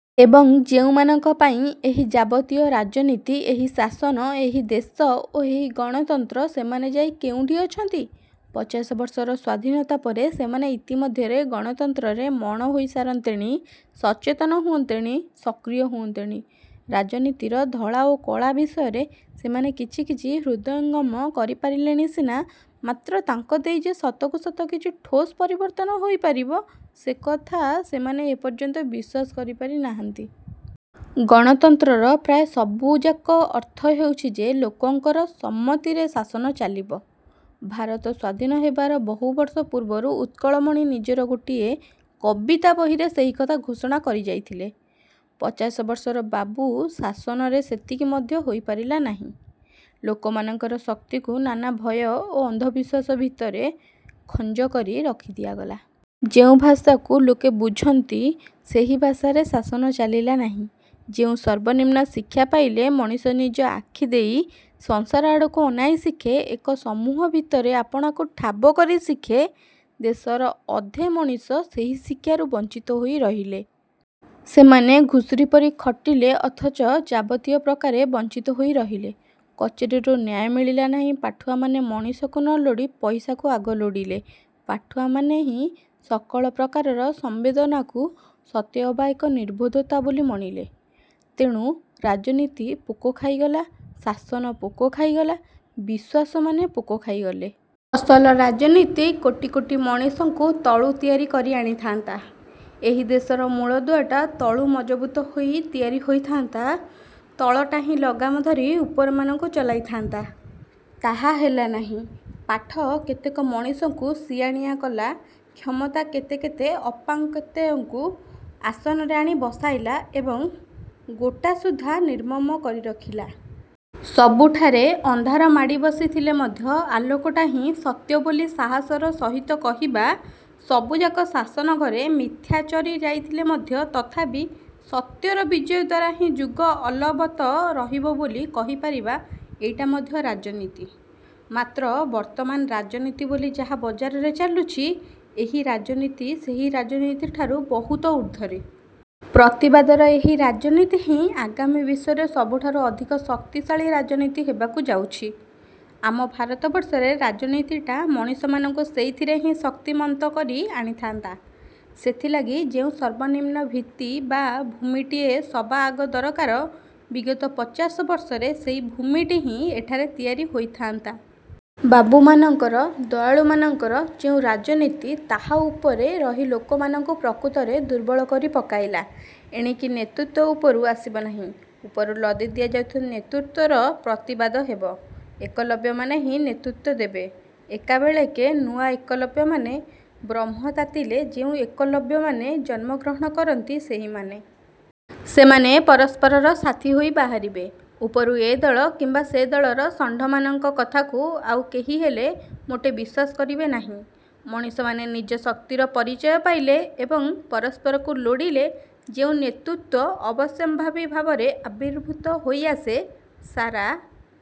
ଏବଂ ଯେଉଁମାନଙ୍କ ପାଇଁ ଏହି ଯାବତୀୟ ରାଜନୀତି, ଏହି ଶାସନ, ଏହି ଦେଶ ଓ ଏହି ଗଣତନ୍ତ୍ର, ସେମାନେ ଯାଇ କେଉଁଠି ଅଛନ୍ତି? ପଚାଶ ବର୍ଷର ସ୍ୱାଧୀନତା ପରେ ସେମାନେ ଇତିମଧ୍ୟରେ ଗଣତନ୍ତ୍ରରେ ମଣ ହୋଇ ସାରନ୍ତେଣି, ସଚେତନ ହୁଅନ୍ତେଣି, ସକ୍ରିୟ ହୁଅନ୍ତେଣି। ରାଜନୀତିର ଧଳା ଓ କଳା ବିଷୟରେ ସେମାନେ କିଛି କିଛି ହୃଦୟଙ୍ଗମ କରିପାରିଲେଣି ସିନା, ମାତ୍ର ତାଙ୍କ ଦେଇ ଯେ ସତକୁ ସତ କିଛି ଠୋସ୍ ପରିବର୍ତ୍ତନ ହୋଇପାରିବ ସେ କଥା ସେମାନେ ଏପର୍ଯ୍ୟନ୍ତ ବିଶ୍ୱାସ କରିପାରି ନାହାନ୍ତି। ଗଣତନ୍ତ୍ରର ପ୍ରାୟ ସବୁଯାକ ଅର୍ଥ ହେଉଛି ଯେ ଲୋକଙ୍କର ସମ୍ମତିରେ ଶାସନ ଚାଲିବ। ଭାରତ ସ୍ୱାଧୀନ ହେବାର ବହୁ ବର୍ଷ ପୂର୍ବରୁ ଉତ୍କଳମଣି ନିଜର ଗୋଟିଏ କବିତା ବହିରେ ସେହିକଥା ଘୋଷଣା କରିଯାଇଥିଲେ। ପଚାଶବର୍ଷର ବାବୁ ଶାସନରେ ସେତିକି ମଧ୍ୟ ହୋଇପାରିଲା ନାହିଁ। ଲୋକମାନଙ୍କର ଶକ୍ତିକୁ ନାନା ଭୟ ଓ ଅନ୍ଧବିଶ୍ୱାସ ଭିତରେ ଖଞ୍ଜ କରି ରଖି ଦିଆଗଲା। ଯେଉଁ ଭାଷାକୁ ଲୋକେ ବୁଝନ୍ତି ସେହି ଭାଷାରେ ଶାସନ ଚାଲିଲା ନାହିଁ। ଯେଉଁ ସର୍ବନିମ୍ନ ଶିକ୍ଷା ପାଇଲେ ମଣିଷ ନିଜ ଆଖି ଦେଇ ସଂସାର ଆଡ଼କୁ ଅନାଇ ଶିଖେ ଏକ ସମୂହ ଭିତରେ ଆପଣାକୁ ଠାବ କରି ଶିଖେ, ଦେଶର ଅଧେ ମଣିଷ ସେହି ଶିକ୍ଷାରୁ ବଞ୍ଚିତ ହୋଇ ରହିଲେ। ସେମାନେ ଘୁଷୁରି ପରି ଖଟିଲେ ଅଥଚ ଯାବତୀୟ ପ୍ରକାରେ ବଂଚିତ ହୋଇ ରହିଲେ। କଚେରୀରୁ ନ୍ୟାୟ ମିଳିଲା ନାହିଁ, ପାଠୁଆମାନେ ମଣିଷକୁ ନ ଲୋଡ଼ି ପଇସାକୁ ଆଗ ଲୋଡ଼ିଲେ, ପାଠୁଆମାନେ ହିଁ ସକଳ ପ୍ରକାରର ସଂବେଦନାକୁ ସତେଅବା ଏକ ନିର୍ବୋଧତା ବୋଲି ମଣିଲେ। ତେଣୁ ରାଜନୀତି ପୋକ ଖାଇଗଲା, ଶାସନ ପୋକ ଖାଇଗଲା, ବିଶ୍ୱାସମାନେ ପୋକ ଖାଇଗଲେ। ଅସଲ ରାଜନୀତି କୋଟି କୋଟି ମଣିଷଙ୍କୁ ତଳୁ ତିଆରି କରି ଆଣିଥାନ୍ତା। ଏହି ଦେଶର ମୂଳଦୁଆଟା ତଳୁ ମଜବୁତ ହୋଇ ତିଆରି ହୋଇଥାନ୍ତା, ତଳଟା ହିଁ ଲଗାମ ଧରି ଉପରମାନଙ୍କୁ ଚଲାଇ ଥାଆନ୍ତା। ତାହା ହେଲା ନାହିଁ। ପାଠ କେତେକ ମଣିଷଙ୍କୁ ସିଆଣିଆ କଲା, କ୍ଷମତା କେତେ କେତେ ଅପାଂକ୍ତେୟଙ୍କୁ ଆସନରେ ଆଣି ବସାଇଲା ଏବଂ ଗୋଟାସୁଦ୍ଧା ନିର୍ମମ କରି ରଖିଲା। ସବୁଠାରେ ଅନ୍ଧାର ମାଡ଼ି ବସିଥିଲେ ମଧ୍ୟ ଆଲୋକଟା ହିଁ ସତ୍ୟ ବୋଲି ସାହସର ସହିତ କହିବା, ସବୁଯାକ ଶାସନଘରେ ମିଥ୍ୟା ଚରି ଯାଇଥିଲେ ମଧ୍ୟ ତଥାପି ସତ୍ୟର ବିଜୟ ଦ୍ଵାରା ହିଁ ଯୁଗ ଅଲବତ ରହିବ ବୋଲି କହିପାରିବା ଏଇଟା ମଧ୍ୟ ରାଜନୀତି। ମାତ୍ର ବର୍ତ୍ତମାନ ରାଜନୀତି ବୋଲି ଯାହା ବଜାରରେ ଚାଲୁଛି, ଏହି ରାଜନୀତି ସେହି ରାଜନୀତି ଠାରୁ ବହୁତ ଉର୍ଦ୍ଧ୍ୱରେ। ପ୍ରତିବାଦର ଏହି ରାଜନୀତି ହିଁ ଆଗାମୀ ବିଶ୍ୱରେ ସବୁଠାରୁ ଅଧିକ ଶକ୍ତିଶାଳୀ ରାଜନୀତି ହେବାକୁ ଯାଉଛି। ଆମ ଭାରତବର୍ଷରେ ରାଜନୀତିଟା ମଣିଷମାନଙ୍କୁ ସେଇଥିରେ ହିଁ ଶକ୍ତିମନ୍ତ କରି ଆଣିଥାନ୍ତା। ସେଥିଲାଗି ଯେଉଁ ସର୍ବନିମ୍ନ ଭିତ୍ତି ବା ଭୂମିଟିଏ ସବାଆଗ ଦରକାର, ବିଗତ ପଚାଶ ବର୍ଷରେ ସେହି ଭୂମିଟି ହିଁ ଏଠାରେ ତିଆରି ହୋଇଥାଆନ୍ତା। ବାବୁମାନଙ୍କର, ଦୟାଳୁମାନଙ୍କର ଯେଉଁ ରାଜନୀତି, ତାହା ଉପରେ ରହି ଲୋକମାନଙ୍କୁ ପ୍ରକୃତରେ ଦୁର୍ବଳକରି ପକାଇଲା। ଏଣିକି ନେତୃତ୍ୱ ଉପରୁ ଆସିବ ନାହିଁ, ଉପରୁ ଲଦି ଦିଆଯାଉଥିବା ନେତୃତ୍ୱର ପ୍ରତିବାଦ ହେବ। ଏକଲବ୍ୟମାନେ ହିଁ ନେତୃତ୍ଵ ଦେବେ। ଏକାବେଳେକେ ନୂଆ ଏକଲବ୍ୟମାନେ, ବ୍ରହ୍ମ ତାତିଲେ ଯେଉଁ ଏକଲବ୍ୟମାନେ ଜନ୍ମଗ୍ରହଣ କରନ୍ତି ସେହିମାନେ। ସେମାନେ ପରସ୍ପରର ସାଥୀ ହୋଇ ବାହାରିବେ। ଉପରୁ ଏ ଦଳ କିମ୍ବା ସେ ଦଳର ଷଣ୍ଢମାନଙ୍କ କଥାକୁ ଆଉ କେହିହେଲେ ମୋଟେ ବିଶ୍ୱାସ କରିବେ ନାହିଁ। ମଣିଷମାନେ ନିଜ ଶକ୍ତିର ପରିଚୟ ପାଇଲେ ଏବଂ ପରସ୍ପରକୁ ଲୋଡ଼ିଲେ ଯେଉଁ ନେତୃତ୍ୱ ଅବଶ୍ୟମ୍ଭାବୀ ଭାବରେ ଆବିର୍ଭୂତ ହୋଇଆସେ, ସାରା